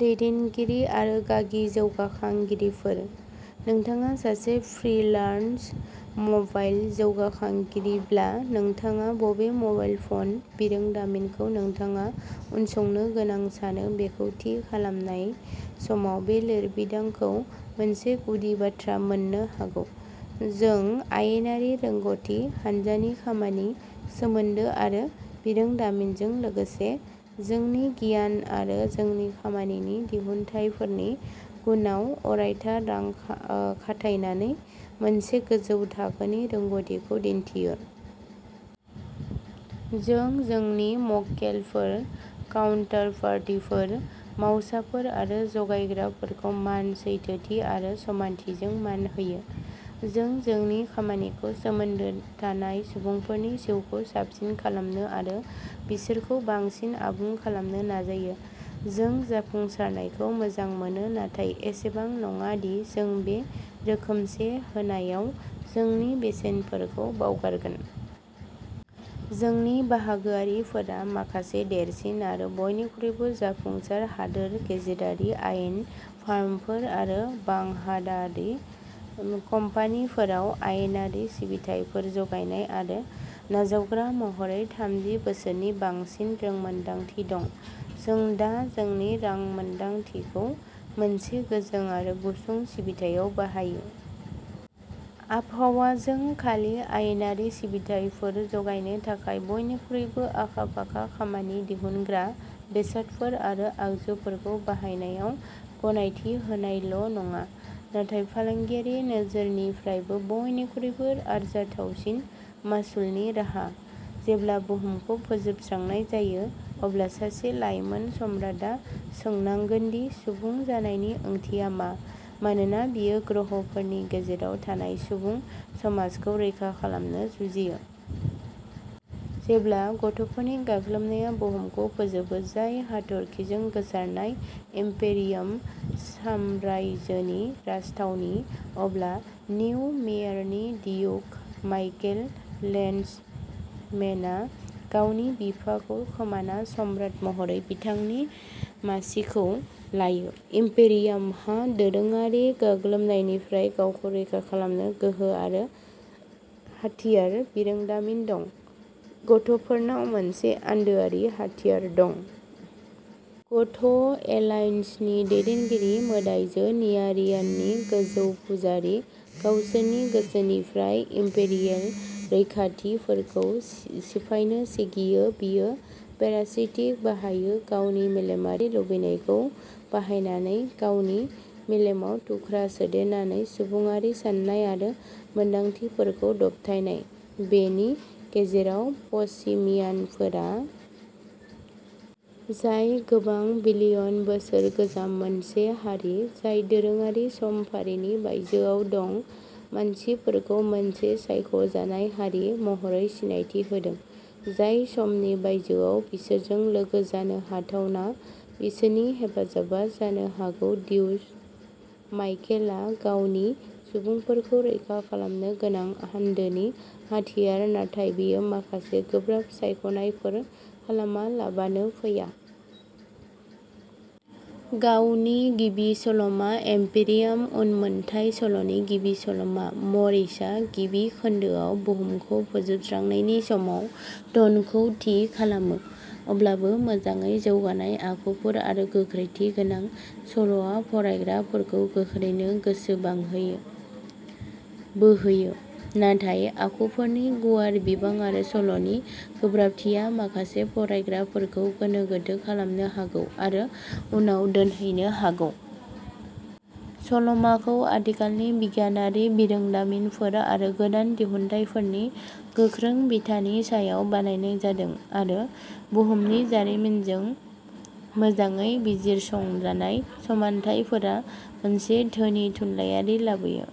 दैदेनगिरि आरो गागि जौगाखांगिरिफोर। नोंथाङा सासे फ्रिलान्स मबाइल जौगाखांगिरिब्ला नोंथाङा बबे मबाइल फ'न बिरोंदामिनखौ नोंथाङा उनसंनो गोनां सानो बेखौ थि खालामनाय समाव बे लिरबिदांखौ मोनसे गुदि बाथ्रा मोननो हागौ। जों आयेनारि रोंग'थि, हानजानि खामानि, सोमोन्दो आरो बिरोंदामिनजों लोगोसे जोंनि गियान आरो जोंनि खामानिनि दिहुनथायफोरनि गुनआव अरायथा रां खाथायनानै मोनसे गोजौ थाखोनि रोंग'थिखौ दिन्थियो। जों जोंनि मक्केलफोर, काउन्टारपार्टिफोर, मावसाफोर आरो जगायग्राफोरखौ मान, सैथोथि आरो समानथिजों मान होयो। जों जोंनि खामानिखौ सोमोन्दो थानाय सुबुंफोरनि जिउखौ साबसिन खालामनो आरो बिसोरखौ बांसिन आबुं खालामनो नाजायो। जों जाफुंसारनायखौ मोजां मोनो नाथाय एसेबां नङा दि जों बे रोखोमसे होनायाव जोंनि बेसेनफोरखौ बावगारगोन। जोंनि बाहागोआरिफोरा माखासे देरसिन आरो बयनिख्रुइबो जाफुंसार हादोर गेजेरारि आयेन फार्मफोर आरो बांहादरारि कम्पानिफोराव आयेनारि सिबिथाइफोर जगायनाय आरो नाजावग्रा महरै थामजि बोसोरनि बांसिन रोंमोनदांथि दं। जों दा जोंनि रांमोनदांथिखौ मोनसे गोजों आरो गुसुं सिबिथायाव बाहायो। आबहावा जों खालि आयेनारि सिबिथायफोर जगायनो थाखाय बयनिख्रुइबो आखा-फाखा खामानि दिहुनग्रा बेसादफोर आरो आगजुफोरखौ बाहायनायाव गनायथि होनायल'नङा, नाथाय फालांगियारि नोजोरनिफ्रायबो बयनिख्रुइबो आरजाथावसिन मासुलनि राहा। जेब्ला बुहुमखौ फोजोबस्रांनाय जायो, अब्ला सासे लाइमोन सम्राटआ सोंनांगोन दि सुबुं जानायनि ओंथिया मा, मानोना बियो ग्रहफोरनि गेजेराव थानाय सुबुं समाजखौ रैखा खालामनो जुजियो। जेब्ला गथ’फोरनि गाग्लोबनाया बुहुमखौ फोजोबो, जाय हाथरखिजों गोसारनाय इम्पेरियाम साम्रायजोनि राजथावनि, अब्ला निउ मेयेरनि डियुक माइकेल लेन्डसमेनआ गावनि बिफाखौ खोमाना सम्राट महरै बिथांनि मासिखौ लायो। इम्पेरियामहा दोरोङारि गाग्लोबनायनिफ्राय गावखौ रैखा खालामनो गोहो आरो हाथियार बिरोंदामिन दं, गथ’फोरनाव मोनसे आन्दोआरि हाथियार दं। गथ’ एलायन्सनि दैदेनगिरि, मोदाइजो नियारियाननि गोजौ पुजारी, गावसोरनि गोसोनिफ्राय इम्पेरियेल रैखाथिफोरखौ सिफायनो सिगियो बियो पेरासिटिक बाहायो। गावनि मेलेमारि लुबैनायखौ बाहायनानै गावनि मेलेमाव थुख्रा सोदेरनानै सुबुङारि साननाय आरो मोन्दांथिफोरखौ दबथायनाय। बेनि गेजेराव, पसिमियानफोरा जाय गोबां बिलियन बोसोर गोजाम मोनसे हारि, जाय दोरोङारि समफारिनि बायजोआव दं, मानसिफोरखौ मोनसे सायख' जानाय हारि महरै सिनायथि होदों, जाय समनि बायजोआव बिसोरजों लोगो जानो हाथावना बिसोरनि हेफाजाबा जानो हागौ डिउक माइकेलआ गावनि सुबुंफोरखौ रैखा खालामनो गोनां आन्दोनि हाथियार-नाथाय बेयो माखासे गोब्राब सायख'नायफोर खालामालाबानो फैया। गावनि गिबि सल'मा, इम्पेरियाम उनमोनथाय सल'नि गिबि सल'मा, मरिसआ गिबि खोन्दोआव बुहुमखौ फोजोबस्रांनायनि समाव टनखौ थि खालामो। अब्लाबो मोजाङै जौगानाय आखुफोर आरो गोख्रैथि गोनां सल'आ फरायग्राफोरखौ गोख्रैनो गोसो बांहोयो बोहोयो, नाथाय आखुफोरनि गुवार बिबां आरो सल'नि गोब्राबथिया माखासे फरायग्राफोरखौ गोनो गोथो खालामनो हागौ आरो उनाव दोनहैनो हागौ। सल'माखौ आथिखालनि बिगियानारि बिरोंदामिनफोर आरो गोदान दिहुनथायफोरनि गोख्रों बिथानि सायाव बानायनाय जादों, आरो बुहुमनि जारिमिनजों मोजाङै बिजिरसंजानाय समानथायफोरा मोनसे धोनि थुनलायारि लाबोयो।